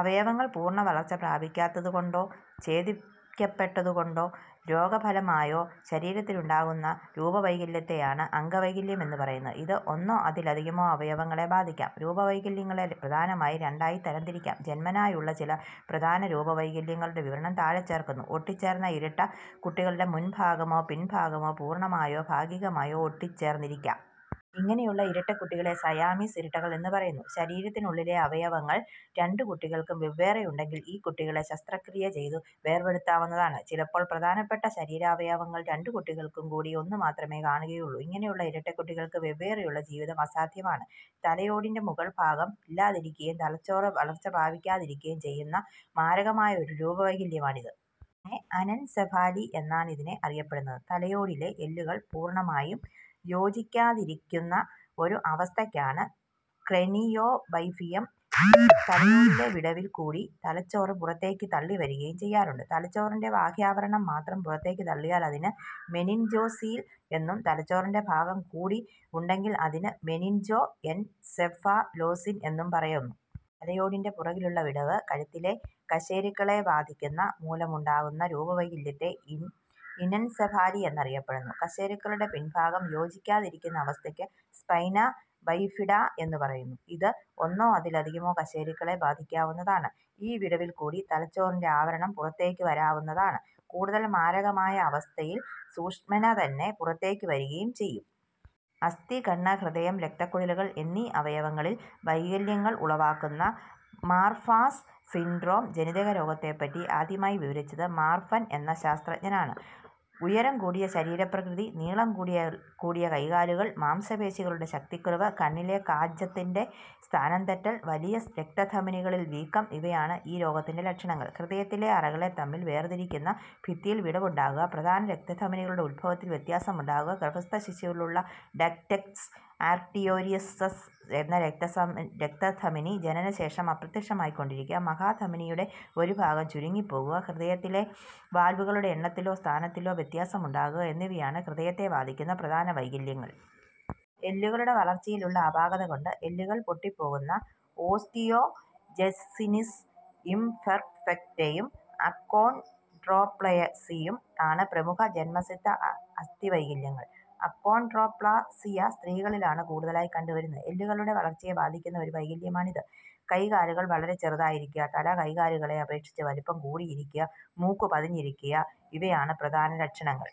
അവയവങ്ങൾ പൂർണവളർച്ച പ്രാപിക്കാത്തതുകൊണ്ടോ ഛേദിക്കപ്പെടുന്നതുകൊണ്ടോ രോഗഫലമായോ ശരീരത്തിനുണ്ടാകുന്ന രൂപവൈകല്യത്തെയാണ് അംഗവൈകല്യം എന്നു് പറയുന്നത്. ഇത് ഒന്നോ അതിലധികമോ അവയവങ്ങളെ ബാധിക്കാം. രൂപവൈകല്യങ്ങളെ പ്രധാനമായി രണ്ടായി തരംതിരിക്കാം. ജൻമനായുള്ള ചില പ്രധാന രൂപവൈകല്യങ്ങളുടെ വിവരണം താഴെ ചേർക്കുന്നു. ഒട്ടിച്ചേർന്ന ഇരട്ടകുട്ടികളുടെ മുൻഭാഗമോ പിൻഭാഗമോ പൂർണമായോ ഭാഗികമായോ ഒട്ടിച്ചേർന്നിരിക്കാം. ഇങ്ങനെയുള്ള ഇരട്ടകുട്ടികളെ സയാമീസ് ഇരട്ടകൾ എന്നു പറയുന്നു. ശരീരത്തിനുള്ളിലെ അവയവങ്ങൾ രണ്ടു കുട്ടികൾക്കും വെവ്വേറെയുണ്ടെങ്കിൽ ഈ കുട്ടികളെ ശസ്ത്രക്രിയ ചെയ്തു വേർപെടുത്താവുന്നതാണ്. ചിലപ്പോൾ പ്രധാനപ്പെട്ട ശരീരാവയവങ്ങൾ രണ്ടു കുട്ടികൾക്കുംകൂടി ഒന്നുമാത്രമേ കാണുകയുള്ളു. ഇങ്ങനെയുള്ള ഇരട്ടക്കുട്ടികൾക്ക് വെവ്വേറെയുള്ള ജീവിതം അസാധ്യമാണ്. തലയോടിന്റെ മുകൾഭാഗം ഇല്ലാതിരിക്കുകയും തലച്ചോറ് വളർച്ച പ്രാപിക്കാതിരിക്കുകയും ചെയ്യുന്ന മാരകമായ ഒരു രൂപവൈകല്യമാണിത്. ഇതിനെ അനെൻസെഫാലി എന്നാണ് ഇതിനെ അറിയപ്പെടുന്നത്. തലയോടിലെ എല്ലുകൾ പൂർണമായി യോജിക്കാതിരിക്കുന്ന ഒരു അവസ്ഥയക്കാണ് ക്രേനിയോബൈഫിയം. തലയോടിലെ വിടവിൽ കൂടെ തലച്ചോറ് പുറത്തേക്ക് തള്ളിവരികയും ചെയ്യാറുണ്ട്. തലച്ചോറിന്റെ ബാഹ്യാവരണം മാത്രം പുറത്തേക്കു തള്ളിയാൽ അതിന് മെനിൻജോസീൽ എന്നും, തലച്ചോറിന്റെ ഭാഗം കൂടിയുണ്ടെങ്കിൽ അതിന് മെനിൻജോഎൻസെഫലോസീൽ എന്നും പറയുന്നു. തലയോടിന്റെ പുറകിലുള്ള വിടവ് കഴുത്തിലെ കശേരുക്കളെ ബാധിക്കുക മൂലമുണ്ടാകുന്ന രൂപവൈകല്യത്തെ ഇനെൻസെഫാലി എന്നറിയപ്പെടുന്നു. കശേരുക്കളുടെ പിൻഭാഗം യോജിക്കാതിരിക്കുന്ന അവസ്ഥയ്ക്ക് സ്പൈനാ ബൈഫിഡാ എന്നു പറയുന്നു. ഇത് ഒന്നോ അതിലധികമോ കശേരുക്കളെ ബാധിക്കാവുന്നതാണ്. ഈ വിടവിൽക്കൂടി തലച്ചോറിന്റെ ആവരണം പുറത്തേക്കുവരാവുന്നതാണ്. കൂടുതൽ മാരകമായ അവസ്ഥകളിൽ സുഷ്മ്നെതന്നെ പുറത്തേക്ക് വരികയും ചെയ്യും. അസ്ഥി, കണ്ണ്, ഹൃദയം, രക്തക്കുഴലുകൾ എന്നീ അവയവങ്ങളിൽ വൈകല്യങ്ങൾ ഉളവാക്കുന്ന മാർഫൻസ് സിൻഡ്രോം ജനിതകരോഗത്തെപറ്റി ആദ്യമായി വിവരിച്ചത് മാർഫൻ എന്ന ശാസ്ത്രജ്ഞനാണ്. ഉയരംകൂടിയ ശരീരപ്രകൃതി, നീളംകൂടിയ കൈകാലുകൾ, മാംസപേശികളുടെ ശക്തിക്കുറവ്, കണ്ണിലെ കാചത്തിന്റെ സ്ഥാനംതെറ്റൽ, വലിയ രക്തധമനികളിൽ വീക്കം ഇവയാണ് ഈ രോഗത്തിന്റെ ലക്ഷണങ്ങൾ. ഹൃദയത്തിലെ അറകളെ തമ്മിൽ വേർതിരിക്കുന്ന ഭിത്തിയിൽ വിടവുണ്ടാകുക, പ്രധാന രക്തധമനികളുടെ ഉദ്ഭവത്തിൽ വ്യത്യാസമുണ്ടാകുക, ഗർഭസ്ഥശിശുവിലുള്ള ഡക്റ്റസ് ആർടീരിയോസസ് എന്ന രക്തധമനി ജനനശേഷം അപ്രത്യക്ഷമാകാതിരിക്കുക, മഹാധമനിയുടെ ഒരു ഭാഗം ചുരുങ്ങിയിരിക്കുക, ഹൃദയത്തിലെ വാൽവുകളുടെ എണ്ണത്തിലോ സ്ഥാനത്തിനോ വ്യത്യാസമുണ്ടാകുക എന്നിവയാണ് ഹൃദയത്തെ ബാധിക്കുന്ന പ്രധാന വൈകല്യങ്ങൾ. എല്ലുകളുടെ വളർച്ചയിലുള്ള അപാകതകൊണ്ട് എല്ലുകൾ വേഗം പൊട്ടിപ്പോകുന്ന ഓസ്റ്റിയോജെനിസിസ് ഇംപെർഫെക്റ്റയും അക്കോൺഡ്രോപ്ളാസിയയും ആണ് പ്രമുഖ ജന്മസിദ്ധ അസ്ഥിവൈകല്യങ്ങൾ. അക്കോൺഡ്രോപ്ളാസിയ സ്ത്രീകളിലാണ് കൂടുതലായി കണ്ടുവരുന്നത്. എല്ലുകളുടെ വളർച്ചയെ ബാധിക്കുന്ന ഒരു വൈകല്യമാണ് ഇത്. കൈകാലുകൾ വളരെ ചെറുതായിരിക്കുക, തല കൈകാലുകളെ അപേക്ഷിച്ചു വലിപ്പം കൂടിയിരിക്കുക, മൂക്കു പതിഞ്ഞിരിക്കുക ഇവയാണ് പ്രധാന ലക്ഷണങ്ങൾ.